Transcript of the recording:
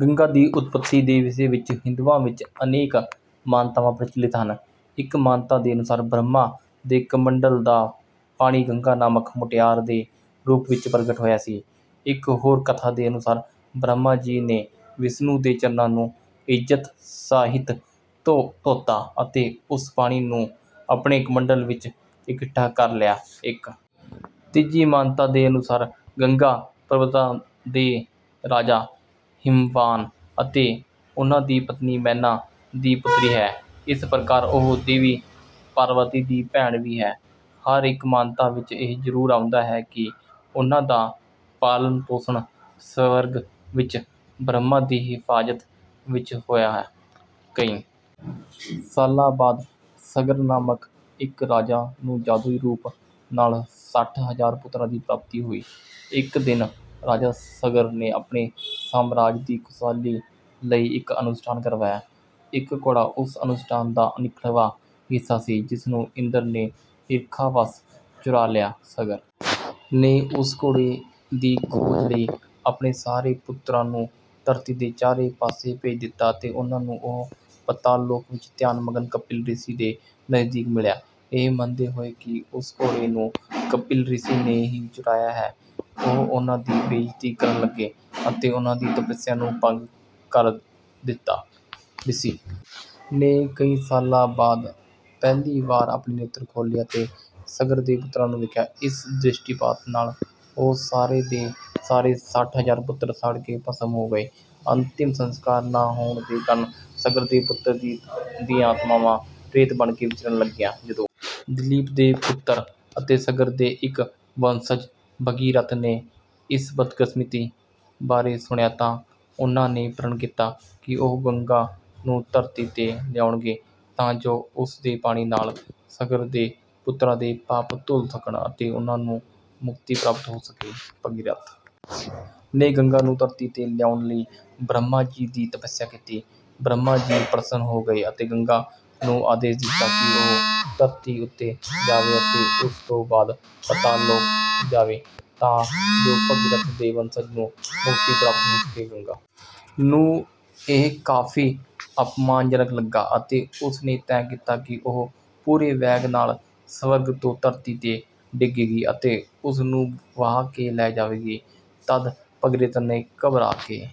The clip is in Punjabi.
ਗੰਗਾ ਦੀ ਉਤਪੱਤੀ ਦੇ ਵਿਸ਼ੇ ਵਿੱਚ ਹਿੰਦੂਆਂ ਵਿੱਚ ਅਨੇਕ ਮਾਨਤਾਵਾਂ ਪ੍ਰਚਲਿਤ ਹਨ। ਇੱਕ ਮਾਨਤਾ ਦੇ ਅਨੁਸਾਰ ਬ੍ਰਹਮਾ ਦੇ ਕਮੰਡਲ ਦਾ ਪਾਣੀ ਗੰਗਾ ਨਾਮਕ ਮੁਟਿਆਰ ਦੇ ਰੂਪ ਵਿੱਚ ਪ੍ਰਗਟ ਹੋਇਆ ਸੀ। ਇੱਕ ਹੋਰ ਕਥਾ ਦੇ ਅਨੁਸਾਰ ਬ੍ਰਹਮਾ ਜੀ ਨੇ ਵਿਸ਼ਨੂੰ ਦੇ ਚਰਨਾਂ ਨੂੰ ਇੱਜ਼ਤ ਸਹਿਤ ਧੋਤਾ ਅਤੇ ਉਸ ਪਾਣੀ ਨੂੰ ਆਪਣੇ ਕਮੰਡਲ ਵਿੱਚ ਇਕੱਠਾ ਕਰ ਲਿਆ। ਇੱਕ ਤੀਜੀ ਮਾਨਤਾ ਦੇ ਅਨੁਸਾਰ ਗੰਗਾ ਪਰਬਤਾਂ ਦੇ ਰਾਜਾ ਹਿਮਵਾਨ ਅਤੇ ਉਨ੍ਹਾਂ ਦੀ ਪਤਨੀ ਮੇਨਾ ਦੀ ਪੁੱਤਰੀ ਹੈ। ਇਸ ਪ੍ਰਕਾਰ ਉਹ ਦੇਵੀ ਪਾਰਵਤੀ ਦੀ ਭੈਣ ਵੀ ਹੈ। ਹਰ ਇੱਕ ਮਾਨਤਾ ਵਿੱਚ ਇਹ ਜ਼ਰੂਰ ਆਉਂਦਾ ਹੈ ਕਿ ਉਨ੍ਹਾਂ ਦਾ ਪਾਲਣ-ਪੋਸ਼ਣ ਸਵਰਗ ਵਿੱਚ ਬ੍ਰਹਮਾ ਦੀ ਹਿਫ਼ਾਜ਼ਤ ਵਿੱਚ ਹੋਇਆ। ਕਈ ਸਾਲਾਂ ਬਾਅਦ ਸਗਰ ਨਾਮਕ ਇੱਕ ਰਾਜਾ ਨੂੰ ਜਾਦੂਈ ਰੂਪ ਨਾਲ ਸੱਠ ਹਜ਼ਾਰ ਪੁੱਤਰਾਂ ਦੀ ਪ੍ਰਾਪਤੀ ਹੋਈ। ਇੱਕ ਦਿਨ ਰਾਜਾ ਸਗਰ ਨੇ ਆਪਣੇ ਸਾਮਰਾਜ ਦੀ ਖ਼ੁਸ਼ਹਾਲੀ ਲਈ ਇੱਕ ਅਨੁਸ਼ਠਾਨ ਕਰਵਾਇਆ। ਇੱਕ ਘੋੜਾ ਉਸ ਅਨੁਸ਼ਠਾਨ ਦਾ ਅਨਿੱਖੜਵਾਂ ਹਿੱਸਾ ਸੀ, ਜਿਸ ਨੂੰ ਇੰਦਰ ਨੇ ਈਰਖਾ ਵੱਸ ਚੁਰਾ ਲਿਆ। ਸਗਰ ਨੇ ਉਸ ਘੋੜੇ ਦੀ ਖੋਜ ਲਈ ਆਪਣੇ ਸਾਰੇ ਪੁੱਤਰਾਂ ਨੂੰ ਧਰਤੀ ਦੇ ਚਾਰੇ ਪਾਸੇ ਭੇਜ ਦਿੱਤਾ ਅਤੇ ਉਨ੍ਹਾਂ ਨੂੰ ਉਹ ਪਾਤਾਲ ਲੋਕ ਵਿੱਚ ਧਿਆਨ-ਮਗਨ ਕਪਿਲ ਰਿਸ਼ੀ ਦੇ ਨਜ਼ਦੀਕ ਮਿਲਿਆ। ਇਹ ਮੰਨਦੇ ਹੋਏ ਕਿ ਉਸ ਘੋੜੇ ਨੂੰ ਕਪਿਲ ਰਿਸ਼ੀ ਨੇ ਹੀ ਚੁਰਾਇਆ ਹੈ, ਉਹ ਉਨ੍ਹਾਂ ਦੀ ਬੇਇੱਜ਼ਤੀ ਕਰਨ ਲੱਗੇ ਅਤੇ ਉਨ੍ਹਾਂ ਦੀ ਤਪੱਸਿਆ ਨੂੰ ਭੰਗ ਕਰ ਦਿੱਤਾ। ਰਿਸ਼ੀ ਨੇ ਕਈ ਸਾਲਾਂ ਬਾਅਦ ਪਹਿਲੀ ਵਾਰ ਆਪਣੇ ਨੇਤਰ ਖੋਲ੍ਹੇ ਅਤੇ ਸਗਰ ਦੇ ਪੁੱਤਰਾਂ ਨੂੰ ਵੇਖਿਆ। ਇਸ ਦ੍ਰਿਸ਼ਟੀਪਾਤ ਨਾਲ ਉਹ ਸਾਰੇ ਦੇ ਸਾਰੇ ਸੱਠ ਹਜ਼ਾਰ ਪੁੱਤਰ ਸੜ ਕੇ ਭਸਮ ਹੋ ਗਏ। ਅੰਤਿਮ ਸੰਸਕਾਰ ਨਾ ਹੋਣ ਦੇ ਕਾਰਨ ਸਗਰ ਦੇ ਪੁੱਤਰਾਂ ਦੀਆਂ ਆਤਮਾਵਾਂ ਪ੍ਰੇਤ ਬਣ ਕੇ ਵਿਚਰਨ ਲੱਗੀਆਂ। ਜਦੋਂ ਦਿਲੀਪ ਦੇ ਪੁੱਤਰ ਅਤੇ ਸਗਰ ਦੇ ਇੱਕ ਵੰਸ਼ਜ ਭਗੀਰਥ ਨੇ ਇਸ ਬਦਕਿਸਮਤੀ ਬਾਰੇ ਸੁਣਿਆ ਤਾਂ ਉਨ੍ਹਾਂ ਨੇ ਪ੍ਰਣ ਕੀਤਾ ਕਿ ਉਹ ਗੰਗਾ ਨੂੰ ਧਰਤੀ ’ਤੇ ਲਿਆਉਣਗੇ, ਤਾਂ ਜੋ ਉਸ ਦੇ ਪਾਣੀ ਨਾਲ ਸਗਰ ਦੇ ਪੁੱਤਰਾਂ ਦੇ ਪਾਪ ਧੁਲ ਸਕਣ ਅਤੇ ਉਨ੍ਹਾਂ ਨੂੰ ਮੁਕਤੀ ਪ੍ਰਾਪਤ ਹੋ ਸਕੇ। ਭਗੀਰਥ ਨੇ ਗੰਗਾ ਨੂੰ ਧਰਤੀ ’ਤੇ ਲਿਆਉਣ ਲਈ ਬ੍ਰਹਮਾ ਜੀ ਦੀ ਤਪੱਸਿਆ ਕੀਤੀ। ਬ੍ਰਹਮਾ ਜੀ ਪ੍ਰਸੰਨ ਹੋ ਗਏ ਅਤੇ ਗੰਗਾ ਨੂੰ ਆਦੇਸ਼ ਦਿੱਤਾ ਕਿ ਉਹ ਧਰਤੀ ਉੱਤੇ ਜਾਵੇ ਅਤੇ ਉਸ ਤੋਂ ਬਾਅਦ ਪਾਤਾਲ ਲੋਕ ਜਾਵੇ, ਤਾਂ ਜੋ ਭਗੀਰਥ ਦੇ ਵੰਸ਼ਜਾਂ ਨੂੰ ਮੁਕਤੀ ਪ੍ਰਾਪਤ ਹੋ ਸਕੇ। ਗੰਗਾ ਨੂੰ ਇਹ ਕਾਫ਼ੀ ਅਪਮਾਨਜਨਕ ਲੱਗਾ ਅਤੇ ਉਸ ਨੇ ਤੈਅ ਕੀਤਾ ਕਿ ਉਹ ਪੂਰੇ ਵੇਗ ਨਾਲ ਸਵਰਗ ਤੋਂ ਧਰਤੀ ’ਤੇ ਡਿੱਗੇਗੀ ਅਤੇ ਉਸ ਨੂੰ ਵਹਾ ਕੇ ਲੈ ਜਾਵੇਗੀ। ਤਦ ਭਗੀਰਥ ਨੇ ਘਬਰਾ ਕੇ…